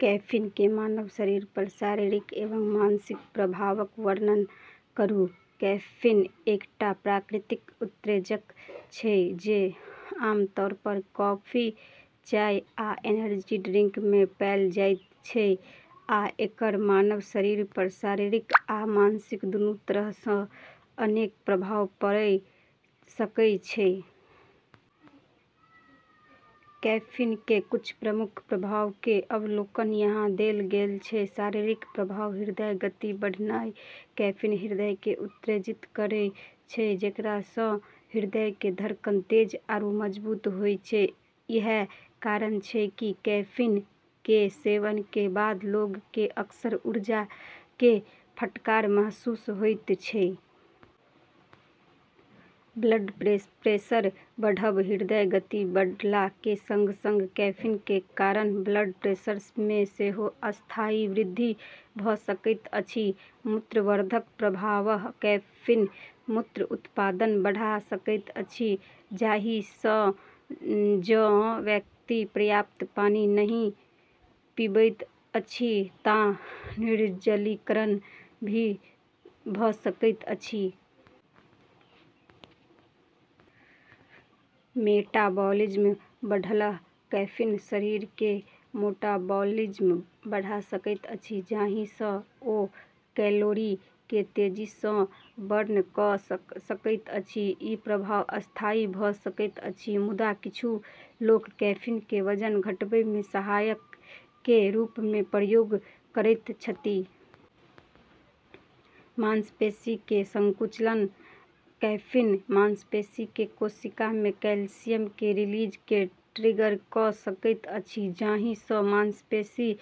Caffeine के मानव शरीर पर शारीरिक एवं मानसिक प्रभावक वर्णन करू। कैफीन एकटा प्राकृतिक उत्तेजक छै जे आमतौर पर कॉफी, चाय, आ एनर्जी ड्रिंक मे पाएल जाइत छै, आ एकर मानव शरीर पर शारीरिक आ मानसिक दूनू तरह सँ अनेक प्रभाव पड़य सकय छै। कैफीन के कुछ प्रमुख प्रभाव के अवलोकन यहाँ देल गेल छै: शारीरिक प्रभाव: हृदय गति बढ़नाइ: कैफीन हृदय के उत्तेजित करै छै, जेकरा सँ हृदय के धड़कन तेज आरू मजबूत होय छै। इएह कारण छै कि कैफीन के सेवन के बाद लोग के अक्सर ऊर्जा के फटकार महसूस होइत छै। ब्लड प्रेशर बढ़ब: हृदय गति बढ़ला के संग-संग कैफीन के कारण ब्लड प्रेशर मे सेहो अस्थायी वृद्धि भऽ सकैत अछि। मूत्रवर्धक प्रभाव: कैफीन मूत्र उत्पादन बढ़ा सकैत अछि, जाहि सँ जँ व्यक्ति पर्याप्त पानी नहि पीबैत अछि तँ निर्जलीकरण भ' सकैत अछि। मेटाबॉलिज्म बढ़ल: कैफीन शरीर के मेटाबॉलिज्म बढ़ा सकैत अछि, जाहि सँ ओ कैलोरी के तेजी सँ बर्न कऽ सकैत अछि। ई प्रभाव अस्थायी भऽ सकैत अछि, मुदा किछु लोक कैफीन के वजन घटबै मे सहायक के रूप मे प्रयोग करैत छथि। मांसपेशी के संकुचन: कैफीन मांसपेशी के कोशिका मे कैल्शियम के रिलीज के ट्रिगर कऽ सकैत अछि, जाहि सँ मांसपेशी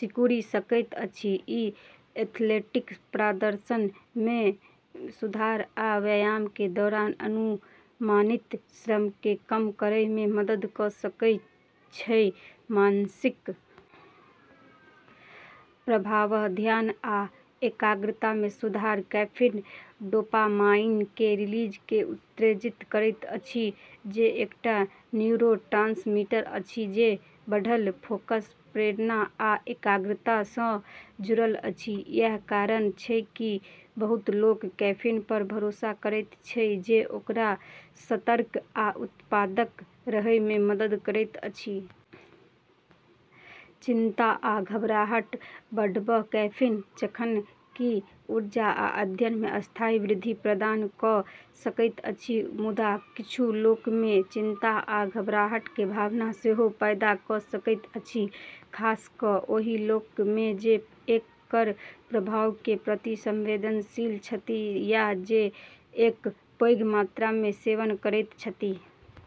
सिकुड़ि सकैत अछि। ई एथलेटिक प्रदर्शन मे सुधार आ व्यायाम के दौरान अनुमानित श्रम के कम करय मे मदद कऽ सकय छै। मानसिक प्रभाव: ध्यान आ एकाग्रता मे सुधार: कैफीन डोपामाइन के रिलीज के उत्तेजित करैत अछि, जे एकटा न्यूरोट्रांसमीटर अछि जे बढ़ल फोकस, प्रेरणा, आ एकाग्रता सँ जुड़ल अछि। इएह कारण छै कि बहुत लोक कैफीन पर भरोसा करैत छै जे ओकरा सतर्क आ उत्पादक रहय मे मदद करैत अछि। चिंता आ घबराहट बढ़ब: कैफीन जखन कि ऊर्जा आ ध्यान मे अस्थायी वृद्धि प्रदान कऽ सकैत अछि, मुदा किछु लोक मे चिंता आ घबराहट के भावना सेहो पैदा कऽ सकैत अछि, खास कऽ ओहि लोक मे जे एकर प्रभाव के प्रति संवेदनशील छथि या जे एकर पैघ मात्रा मे सेवन करैत छथि।